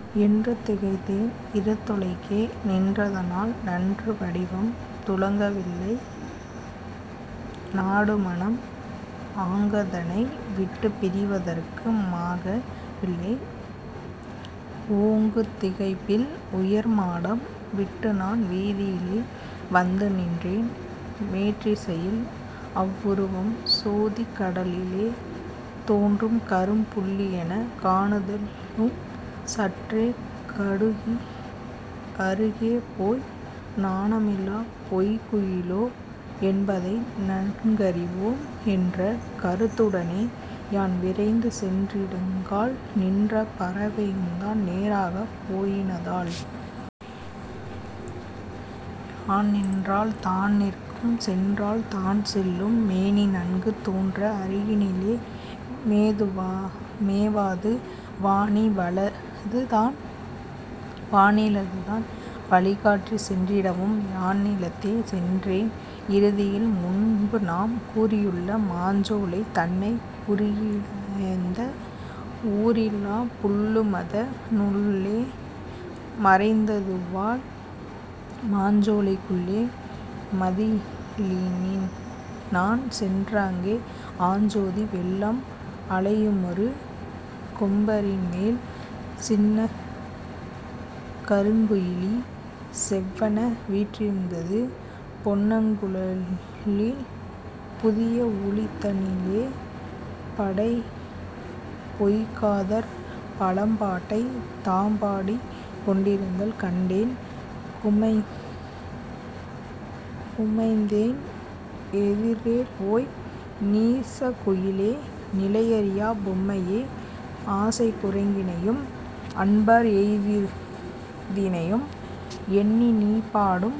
' என்று திகைத்தேன்; 'இருந்தொலைக்கே நின்றதனால் நன்று வடிவம் துலங்கவில்லை; நாடுமனம் ஆங்கதனை விட்டுப் பிரிவதற்கு மாக வில்லை. ஓங்குந் திகைப்பில் உயர்மாடம் விட்டுநான் வீதியிலே வந்துநின்றேன். மேற்றிசையில் அவ்வுருவம் சோதிக் கடலிலே தோன்றுகரும் புள்ளியெனக் காணுதலும், சற்றே கடுகி யருகே போய், 'நாணமிலாப் பொய்க்குயிலோ', என்பதனை நன்கறிவோம் என்ற கருத்துடனே யான்விரைந்து சென்றிடுங்கால், நின்ற பறவையுந்தான் நேராகப் போயினதால். யான் நின்றால் தான்நிற்கும் சென்றால் தான்செல்லும்; மேனிநன்கு தோன்ற அருகினிலே மேவாது வானிலதுதான் வழிகாட்டிச் சென்றிடவும் யான்நிலத்தே சென்றேன் இறுதியில் முன்புநாம் கூறியுள்ள மாஞ்சோலை தன்னைக் குறுகியந்த ஊரிலாப் புள்ளுமதனுள்ளே மறைந்ததுவால், மாஞ்சோலைக் குள்ளே மதியிலிநான் சென்றாங்கே ஆஞ்சோதி வெள்ளம் அலையுமொரு கொம்பரின்மேல் சின்னக் கருங்குயிலி செவ்வனே வீற்றிருந்து, பொன்னங்குழலின் புதிய ஒளிதனிலே பண்டைப் பொய்க்காதற் பழம்பாட்டைத் தாம்பாடிக் கொண்டிருத்தல் கண்டேன், குமைந்தேன்; எதிரேபோய், '' நீசக் குயிலே, நிலையறியாப் பொய்ம்மையே, ஆசைக் குரங்கினையும் அன்பார் எருதினையும் எண்ணிநீ பாடும்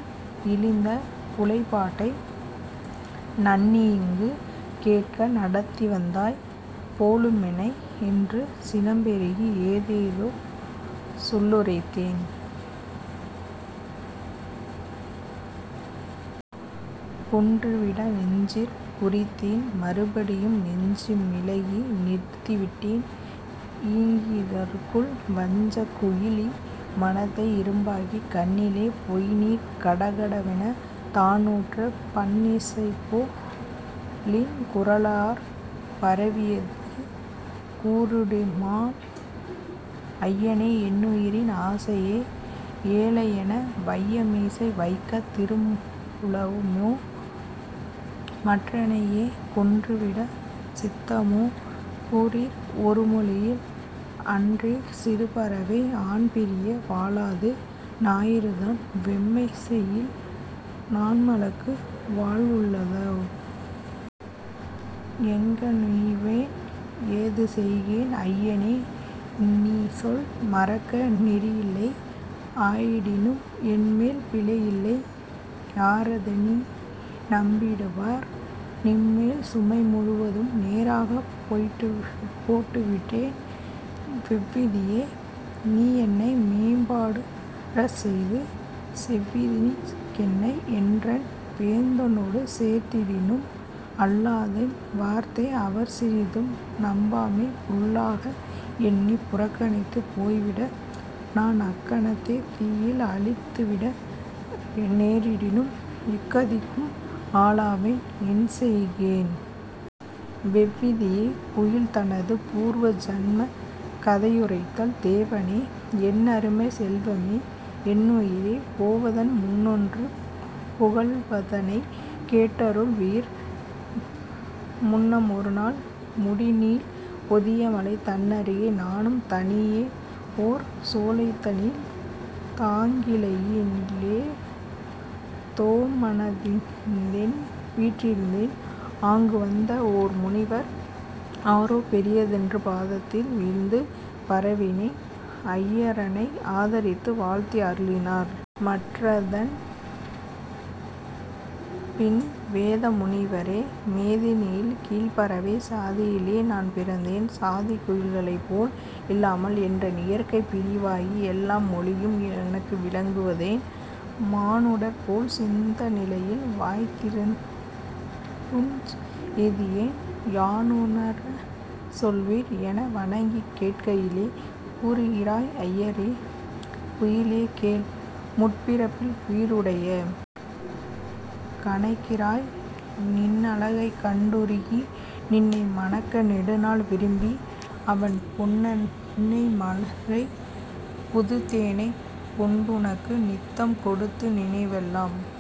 இழிந்த புலைப்பாட்டை நண்ணியிங்கு கேட்க நடத்திவந்தாய் போலுமெனை'' என்று சினம்பெருகி ஏதேதோ சொல்லுரைத்தேன். கொன்றுவிட நெஞ்சிற் குறித்தேன்; மறுபடியும் நெஞ்ச மிளகி நிறுத்திவிட்டேன். ஈங்கிதற்குள், வஞ்சக் குயிலி மனத்தை இரும்பாக்கிக் கண்ணிலே பொய்ந்நீர் கடகடவெனத் தானூற்றப் பண்ணிசைபோடலின்குரலாற் பரவியது கூறிடுமால்; 'ஐயனே, என்னுயிரின் ஆசையே! ஏழையெனை வையமிசை வைக்கத் திருவுளமோ? மற்றெனையே கொன்றுவிடச் சித்தமோ? கூறீர், ஒருமொழியில்! அன்றிற் சிறுபறவை ஆண்பிரிய வாழாது, ஞாயிறுதான் வெம்மைசெயில், நாண்மலக்கு வாழ்வுளதோ? எங்ஙனுய்வேன்! ஏதுசெய்கேன், ஐயனே! நின்சொல் மறக்க நெறியில்லை; ஆயிடினும் என்மேல் பிழையில்லை; யாரிதனி நம்பிடுவார்? நின்மேல் சுமைமுழுதும் நேராகப் போட்டுவிட்டேன். வெவ்விதியே! நீ என்னை மேம்பாடுறச் செய்து செவ்விதினிங் கென்னை என்றன் வேந்தனொடு சேர்த்திடினும் அல்லாதென் வார்த்தை அவர்சிறிதும் நம்பாமே புல்லாக எண்ணிப் புறக்கணித்துப் போய்விட, நான் அக்கணத்தே தீயில் அழித்துவிட நேரிடினும், எக்கதிக்கும் ஆளாவேன்; என்செய்கேன்? வெவ்விதி!. குயில் தனது பூர்வ ஜன்மக் கதையுரைத்தல் ''தேவனே! என்னருமைச் செல்வமே? என்னுயிரே! போவதன் முன்னொன்று புகல்வதனைக் கேட்டருள் வீர்! முன்னம்ஒருநாள் முடிநீள் பொதியமலை தன்னருகே நானும் தனியே ஓர் சோலைதனில் தாங்கிளையி லே தோ மனதிலெண்ணி வீற்றிருந்தேன். ஆங்குவந்த ஓர் முனிவர். ஆரோ பெரியரென்று பாதத்தில் வீழ்ந்து பரவினேன்; ஐயரெனை ஆதரித்து வாழ்த்தி அருளினார். மற்றதன்பின், 'வேத முனிவரே, மேதினியில் கீழ்ப்பறவைக் சாதியிலே நான் பிறந்தேன், சாதிக் குயில்களைப்போல் இல்லாமல், என்றன் இயற்கை பிரிவாகி, எல்லாம் மொழியும் எனக்கு விளங்குவதேன்? மானுடர்போல் சிந்தநிலை வாயித்திருக்குஞ் செய்தியேன்? யானுணரச் சொல்வீர்' என வணங்கிக் கேட்கையிலே, கூறுகிறாய் ஐயர்: 'குயிலே! கேள், முற்பிறப்பில் வீறுடைய கணைக்கிரையாய், நின்னழகைக் கண்டுருகி, நின்னை மணக்க நெடுநாள் விரும்பி, அவன் பொன்னை மலரைப் புதுத்தேனைக் கொண்டுனக்கு நித்தம் கொடுத்து நினைவெல்லாம்